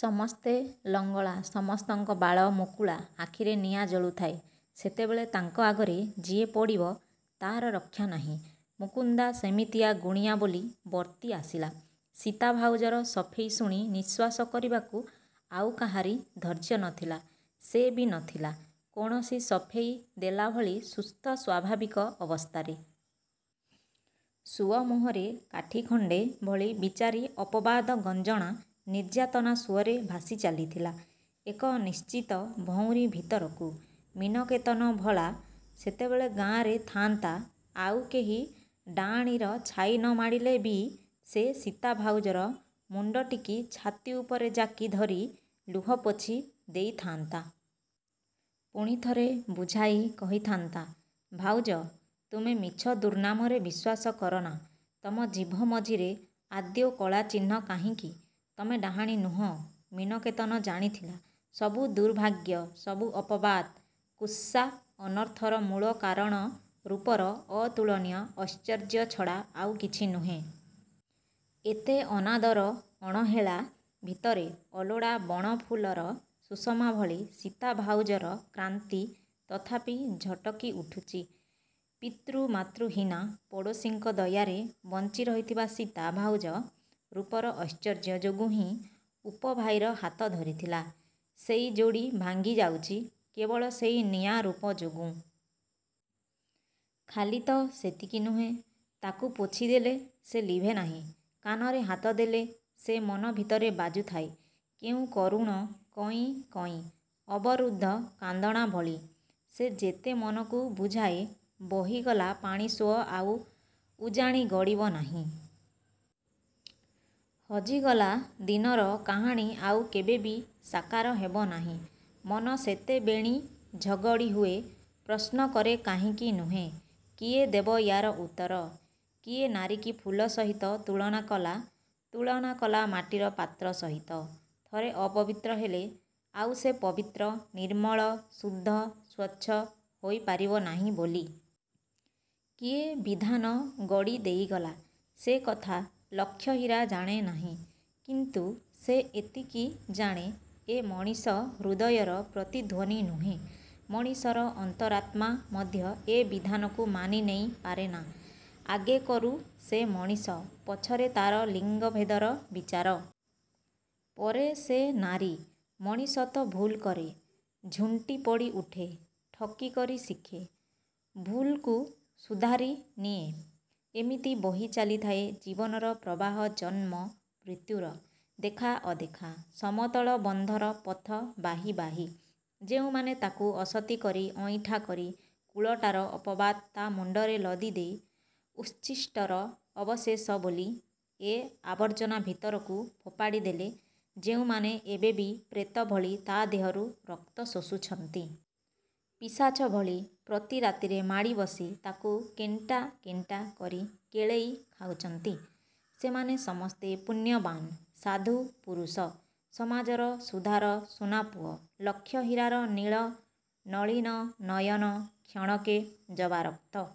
ସମସ୍ତେ ଲଙ୍ଗଳା, ସମସ୍ତଙ୍କ ବାଳ ମୁକୁଳା; ଆଖିରେ ନିଆଁ ଜଳୁଥାଏ। ସେତେବେଳେ ତାଙ୍କ ଆଗରେ ଯିଏ ପଡ଼ିବ, ତା'ର ରକ୍ଷା ନାହିଁ। ମୁକୁନ୍ଦା ସେମିତିଆ ଗୁଣିଆ ବୋଲି ବର୍ତ୍ତି ଆସିଲା। ସୀତା ଭାଉଜର ସଫେଇ ଶୁଣି ନିଶ୍ୱାସ କରିବାକୁ ଆଉ କାହାରି ଧୈର୍ଯ୍ୟ ନଥିଲା। ସେ ବି ନଥିଲା କୌଣସି ସଫେଇ ଦେଲାଭଳି ସୁସ୍ଥ ସ୍ୱାଭାବିକ ଅବସ୍ଥାରେ। ସୁଅ ମୁହଁରେ କାଠି ଖଣ୍ଡେ ଭଳି ବିଚାରୀ ଅପବାଦ ଗଞ୍ଜଣା ନିର୍ଯ୍ୟାତନା ସୁଅରେ ଭାସି ଚାଲିଥିଲା ଏକ ନିଶ୍ଚିତ ଭଉଁରୀ ଭିତରକୁ। ମୀନକେତନ ଭଲା ସେତେବେଳେ ଗାଁରେ ଥାଆନ୍ତା ଆଉ କେହି ଡାଆଣୀର ଛାଇ ନ ମାଡ଼ିଲେ ବି ସେ ସୀତା ଭାଉଜର ମୁଣ୍ଡଟିକି ଛାତି ଉପରେ ଯାକି ଧରି ଲୁହ ପୋଛି ଦେଇ ଥାଆନ୍ତା। ପୁଣିଥରେ ବୁଝାଇ କହିଥାନ୍ତା–ଭାଉଜ, ତୁମେ ମିଛ ଦୁର୍ନାମରେ ବିଶ୍ୱାସ କରନା। ତମ ଜିଭ ମଝିରେ ଆଦୌ କଳା ଚିହ୍ନ କାହିଁକି; ତମେ ଡାହାଣୀ ନୁହଁ। ମୀନକେତନ ଜାଣିଥିଲା, ସବୁ ଦୁର୍ଭାଗ୍ୟ ସବୁ ଅପବାଦ, କୁତ୍ସା ଅନର୍ଥର ମୂଳ କାରଣ ରୂପର ଅତୁଳନୀୟ ଐଶ୍ୱର୍ଯ୍ୟ ଛଡ଼ା ଆଉ କିଛି ନୁହେଁ। ଏତେ ଅନାଦର ଅଣହେଳା ଭିତରେ ଅଲୋଡ଼ା ବଣଫୁଲର ସୁଷମାଭଳି ସୀତା ଭାଉଜର କ୍ରାନ୍ତି ତଥାପି ଝଟକି ଉଠୁଛି। ପିତୃ ମାତୃହୀନା ପଡ଼ୋଶୀଙ୍କ ଦୟାରେ ବଞ୍ଚି ରହିଥିବା ସୀତା ଭାଉଜ ରୂପର ଐଶ୍ୱର୍ଯ୍ୟ ଯୋଗୁ ହିଁ ଉପଭାଇର ହାତ ଧରିଥିଲା। ସେଇ ଯୋଡ଼ି ଭାଙ୍ଗି ଯାଉଛି କେବଳ ସେଇ ନିଆଁ ରୂପ ଯୋଗୁ। ଖାଲି ତ ସେତିକି ନୁହେ।। ତାକୁ ପୋଛି ଦେଲେ ସେ ଲିଭେ ନାହିଁ। କାନରେ ହାତ ଦେଲେ ସେ ମନ ଭିତରେ ବାଜୁଥାଏ, କେଉଁ କରୁଣ କଇଁ କଇଁ ଅବରୁଦ୍ଧ କାନ୍ଦଣା ଭଳି। ସେ ଯେତେ ମନକୁ ବୁଝାଏ ବହିଗଲା ପାଣିସୁଅ ଆଉ ଉଜାଣି ଗଡ଼ିବ ନାହିଁ! ହଜିଗଲା ଦିନର କାହାଣୀ ଆଉ କେବେ ବି ସାକାର ହେବନାହିଁ। ମନ ସେତେ ବେଣୀ ଝଗଡ଼ି ହୁଏ। ପ୍ରଶ୍ନ କରେ କାହିଁକି ନୁହେଁ? କିଏ ଦେବ ୟା'ର ଉତ୍ତର? କିଏ ନାରୀକି ଫୁଲ ସହିତ ତୁଳନା କଲା, ତୁଳନା କଲା ମାଟିର ପାତ୍ର ସହିତ। ଥରେ ଅପବିତ୍ର ହେଲେ, ଆଉ ସେ ପବିତ୍ର, ନିର୍ମଳ, ଶୁଦ୍ଧ, ସ୍ୱଚ୍ଛ ହୋଇ ପାରିବ ନାହିଁ ବୋଲି। କିଏ ବିଧାନ ଗଡ଼ି ଦେଇଗଲା! ସେ କଥା ଲକ୍ଷହୀରା ଜାଣେ ନାହିଁ। କିନ୍ତୁ ସେ ଏତିକି ଜାଣେ, ଏ ମଣିଷ ହୃଦୟର ପ୍ରତିଧ୍ୱନି ନୁହେଁ! ମଣିଷର ଅନ୍ତରାତ୍ମା ମଧ୍ୟ ଏ ବିଧାନକୁ ମାନି ନେଇ ପାରେନା। ଆଗେ କରୁ ସେ ମଣିଷ। ପଛରେ ତା'ର ଲିଙ୍ଗ ଭେଦର ବିଚାର! ପରେ ସେ ନାରୀ। ମଣିଷ ତ ଭୁଲ୍ କରେ? ଝୁଣ୍ଟି ପଡ଼ି ଉଠେ! ଠକି କରି ଶିଖେ! ଭୁଲ୍କୁ ସୁଧାରି ନିଏ। ଏମିତି ବହି ଚାଲିଥାଏ ଜୀବନର ପ୍ରବାହ ଜନ୍ମ ମୃତ୍ୟୁର, ଦେଖା ଅଦେଖା, ସମତଳ ବନ୍ଧର ପଥ ବାହି ବାହି। ଯେଉଁମାନେ ତାକୁ ଅସତୀ କରି ଅଇଁଠା କରି, କୁଳଟାର ଅପବାଦ ତା' ମୁଣ୍ଡରେ ଲଦିଦେଇ ଉଚ୍ଛିଷ୍ଟର ଅବଶେଷ ବୋଲି ଏ ଆବର୍ଜନା ଭିତରକୁ ଫୋପାଡ଼ି ଦେଲେ, ଯେଉଁମାନେ ଏବେ ବି ପ୍ରେତଭଳି ତା' ଦେହରୁ ରକ୍ତ ଶୋଷୁଛନ୍ତି। ପିଶାଚ ଭଳି, ପ୍ରତି ରାତିରେ ମାଡ଼ିବସି, ତାକୁ କେଣ୍ଟା କେଣ୍ଟା କରି କେଳେଇ ଖାଉଛନ୍ତି, ସେମାନେ ସମସ୍ତେ ପୁଣ୍ୟବାନ୍ ସାଧୁ ପୁରୁଷ! ସମାଜର ସୁଧାର ସୁନାପୁଅ। ଲକ୍ଷ ହୀରାର ନୀଳ ନଳୀନ ନୟନ କ୍ଷଣକେ ଯବାରକ୍ତ